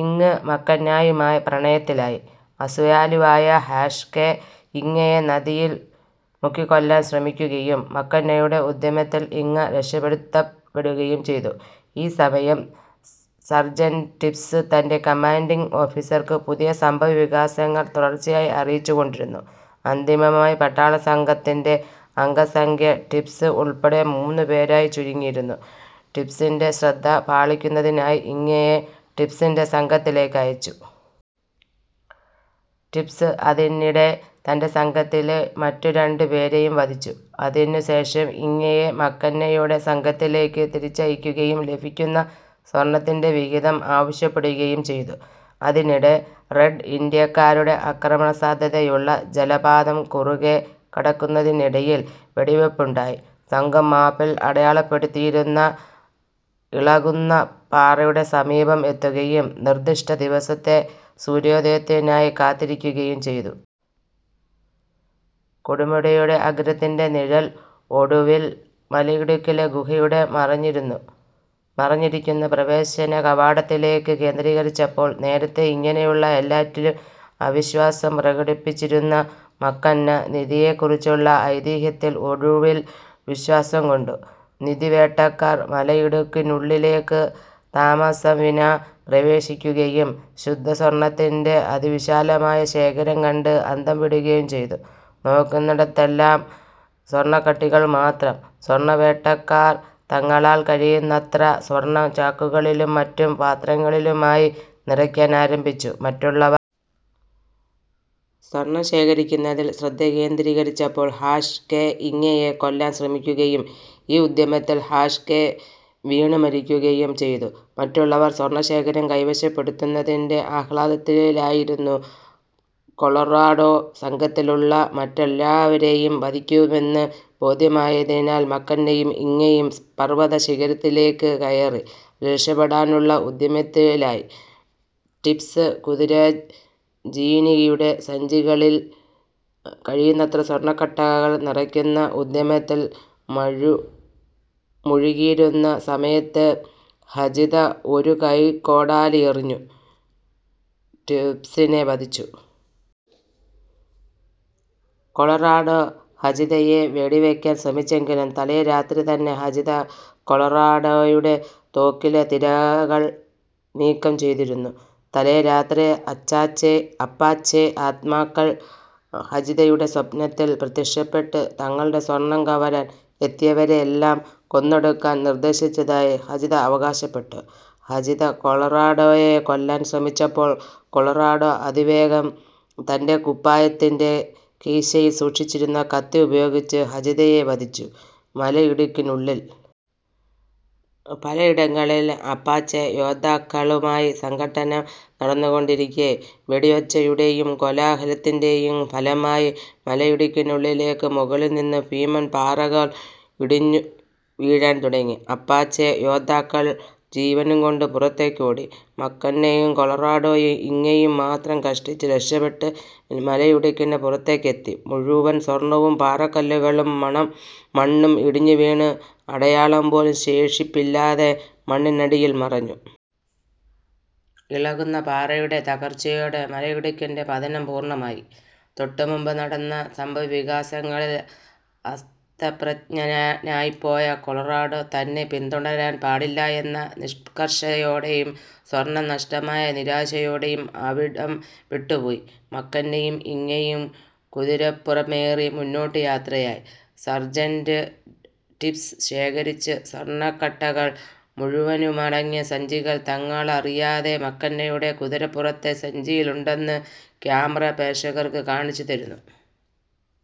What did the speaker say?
ഇങ് മക്കന്നായുമായി പ്രണയത്തിലായി. അസൂയാലുവായ hash K ഇങയെ നദിയിൽ മുക്കിക്കൊല്ലാൻ ശ്രമിക്കുകയും മക്കന്നയുടെ ഉദ്യമത്തിൽ ഇങ രക്ഷപ്പെടുത്തപ്പെടുകയും ചെയ്തു. ഈ സമയം സർജന്റ് ടിബ്സ് തൻ്റെകമാൻഡിംഗ് ഓഫീസർക്ക് പുതിയ സംഭവവികാസങ്ങൾ തുടർച്ചയായി അറിയിച്ചുകൊണ്ടിരുന്നു. അന്തിമമായി പട്ടാളസംഘത്തിൻ്റെഅംഗസംഖ്യ ടിബ്സ് ഉൾപ്പെടെ മൂന്ന് പേരായി ചുരുങ്ങിയിരുന്നു. ടിബ്സിൻ്റെ ശ്രദ്ധ പാളിക്കുന്നതിനായി ഇങയെ ടിബ്സിൻ്റെസംഘത്തിലേക്ക് അയച്ചു. ടിബ്സ് അതിനിടെ തൻ്റെസംഘത്തിലെ മറ്റു രണ്ട് പേരെയും വധിച്ചു. അതിനു ശേഷം ഇങയെ മക്കന്നയുടെ സംഘത്തിലേക്ക് തിരിച്ചയക്കുകയും ലഭിക്കുന്ന സ്വർണത്തിൻ്റെ വിഹിതം ആവശ്യപ്പെടുകയും ചെയ്തു. അതിനിടെ റെഡ് ഇന്ത്യക്കാരുടെ ആക്രമണസാധ്യതയുള്ള ജലപാതം കുറുകെ കടക്കുന്നതിനിടയിൽ വെടിവെപ്പുണ്ടായി. സംഘം മാപ്പിൽ അടയാളപ്പെടുത്തിയിരുന്ന ഇളകുന്ന പാറയുടെ സമീപം എത്തുകയും നിർദിഷ്ട ദിവസത്തെ സൂര്യോദയത്തിനായി കാത്തിരിക്കുകയും ചെയ്തു. കൊടുമുടിയുടെ അഗ്രത്തിൻ്റെനിഴൽ ഒടുവിൽ മലയിടുക്കിലെ ഗുഹയുടെ മറഞ്ഞിരുന്നു മറഞ്ഞിരിക്കുന്ന പ്രവേശനകവാടത്തിലേക്ക് കേന്ദ്രീകരിച്ചപ്പോൾ, നേരത്തേ ഇങ്ങനെയുള്ള എല്ലാറ്റിലും അവിശ്വാസം പ്രകടിപ്പിച്ചിരുന്ന മക്കന്ന നിധിയെക്കുറിച്ചുള്ള ഐതിഹ്യത്തിൽ ഒടുവിൽ വിശ്വാസം കൊണ്ടു. നിധിവേട്ടക്കാർ മലയിടുക്കിനുള്ളിലേക്ക് താമസംവിനാ പ്രവേശിക്കുകയും ശുദ്ധസ്വർണത്തിൻ്റെ അതിവിശാലമായ ശേഖരം കണ്ട് അന്തംവിടുകയും ചെയ്തു. നോക്കുന്നിടത്തെല്ലാം സ്വർണക്കട്ടികൾ മാത്രം. സ്വർണവേട്ടക്കാർ തങ്ങളാൽ കഴിയുന്നത്ര സ്വർണം ചാക്കുകളിലും മറ്റും പാത്രങ്ങളിലുമായി നിറയ്ക്കാൻ ആരംഭിച്ചു. മറ്റുള്ളവർ സ്വർണം ശേഖരിക്കുന്നതിൽ ശ്രദ്ധ കേന്ദ്രീകരിച്ചപ്പോൾ ഹാഷ് കെ ഇങയെ കൊല്ലാൻ ശ്രമിക്കുകയും ഈ ഉദ്യമത്തിൽ ഹാഷ് കെ വീണ് മരിക്കുകയും ചെയ്തു. മറ്റുള്ളവർ സ്വർണശേഖരം കൈവശപ്പെടുത്തുന്നതിൻ്റെ ആഹ്ലാദത്തിലായിരുന്നു. കൊളറാഡോ സംഘത്തിലുള്ള മറ്റെല്ലാവരെയും വധിക്കുമെന്ന് ബോധ്യമായതിനാൽ മക്കന്നയും ഇങയും പർവതശിഖരത്തിലേക്ക് കയറി രക്ഷപ്പെടാനുള്ള ഉദ്യമത്തിലായി. ടിബ്സ് കുതിരജീനിയുടെ സഞ്ചികളിൽ കഴിയുന്നത്ര സ്വർണക്കട്ടകൾ നിറയ്ക്കുന്ന ഉദ്യമത്തിൽ മഴു മുഴുകിയിരുന്ന സമയത്ത് ഹചിത ഒരു കൈക്കോടാലി എറിഞ്ഞു ടിബ്സിനെ വധിച്ചു. കൊളറാഡോ ഹചിതയെ വെടിവയ്ക്കാൻ ശ്രമിച്ചെങ്കിലും തലേ രാത്രി തന്നെ ഹചിത കൊളറാഡോയുടെ തോക്കിലെ തിരാകൾ നീക്കം ചെയ്തിരുന്നു. തലേ രാത്രി അച്ചാച്ചെ അപ്പാച്ചെ ആത്മാക്കൾ ഹചിതയുടെ സ്വപ്നത്തിൽ പ്രത്യക്ഷപ്പെട്ട് തങ്ങളുടെ സ്വർണം കവരാൻ എത്തിയവരെയെല്ലാം കൊന്നൊടുക്കാൻ നിർദേശിച്ചതായി ഹചിത അവകാശപ്പെട്ടു. ഹചിത കൊളറാഡോയെ കൊല്ലാൻ ശ്രമിച്ചപ്പോൾ കൊളറാഡോ അതിവേഗം തൻ്റെകുപ്പായത്തിൻ്റെ കീശയിൽ സൂക്ഷിച്ചിരുന്ന കത്തി ഉപയോഗിച്ച് ഹചിതയെ വധിച്ചു. മലയിടുക്കിനുള്ളിൽ പലയിടങ്ങളിൽ അപ്പാച്ചെ യോദ്ധാക്കളുമായി സംഘട്ടനം നടന്നുകൊണ്ടിരിക്കെ, വെടിയൊച്ചയുടെയും കോലാഹലത്തിൻ്റെയും ഫലമായി മലയുടുക്കിനുള്ളിലേക്ക് മുകളിൽ നിന്ന് ഭീമൻ പാറകൾ ഇടിഞ്ഞുവീഴാൻ തുടങ്ങി. അപ്പാച്ചെ യോദ്ധാക്കൾ ജീവനും കൊണ്ട് പുറത്തേക്ക് ഓടി. മക്കന്നയും കൊളറാഡോയും ഇങയും മാത്രം കഷ്ടിച്ച് രക്ഷപ്പെട്ട് മലയിടുക്കിന് പുറത്തേക്ക് എത്തി. മുഴുവൻ സ്വർണവും പാറക്കല്ലുകളും മണ്ണും ഇടിഞ്ഞുവീണ് അടയാളം പോലും ശേഷിപ്പില്ലാതെ മണ്ണിനടിയിൽ മറഞ്ഞു. ഇളകുന്ന പാറയുടെ തകർച്ചയോടെ മലയിടുക്കിൻ്റെപതനം പൂർണമായി. തൊട്ടുമുമ്പ് നടന്ന സംഭവവികാസങ്ങളിൽ അസ്തപ്രജ്ഞനനായിപ്പോയ കൊളറാഡോ, തന്നെ പിന്തുടരാൻ പാടില്ല എന്ന നിഷ്കർഷയോടെയും സ്വർണം നഷ്ടമായ നിരാശയോടെയും അവിടം വിട്ടുപോയി. മക്കന്നയും ഇങയും കുതിരപ്പുറമേറി മുന്നോട്ടു യാത്രയായി. സർജന്റ് ടിബ്സ് ശേഖരിച്ച് സ്വർണക്കട്ടകൾ മുഴുവനുമടങ്ങിയ സഞ്ചികൾ തങ്ങളറിയാതെ മക്കന്നയുടെ കുതിരപ്പുറത്തെ സഞ്ചിയിലുണ്ടെന്ന് ക്യാമറ പ്രേക്ഷകർക്ക് കാണിച്ചുതരുന്നു.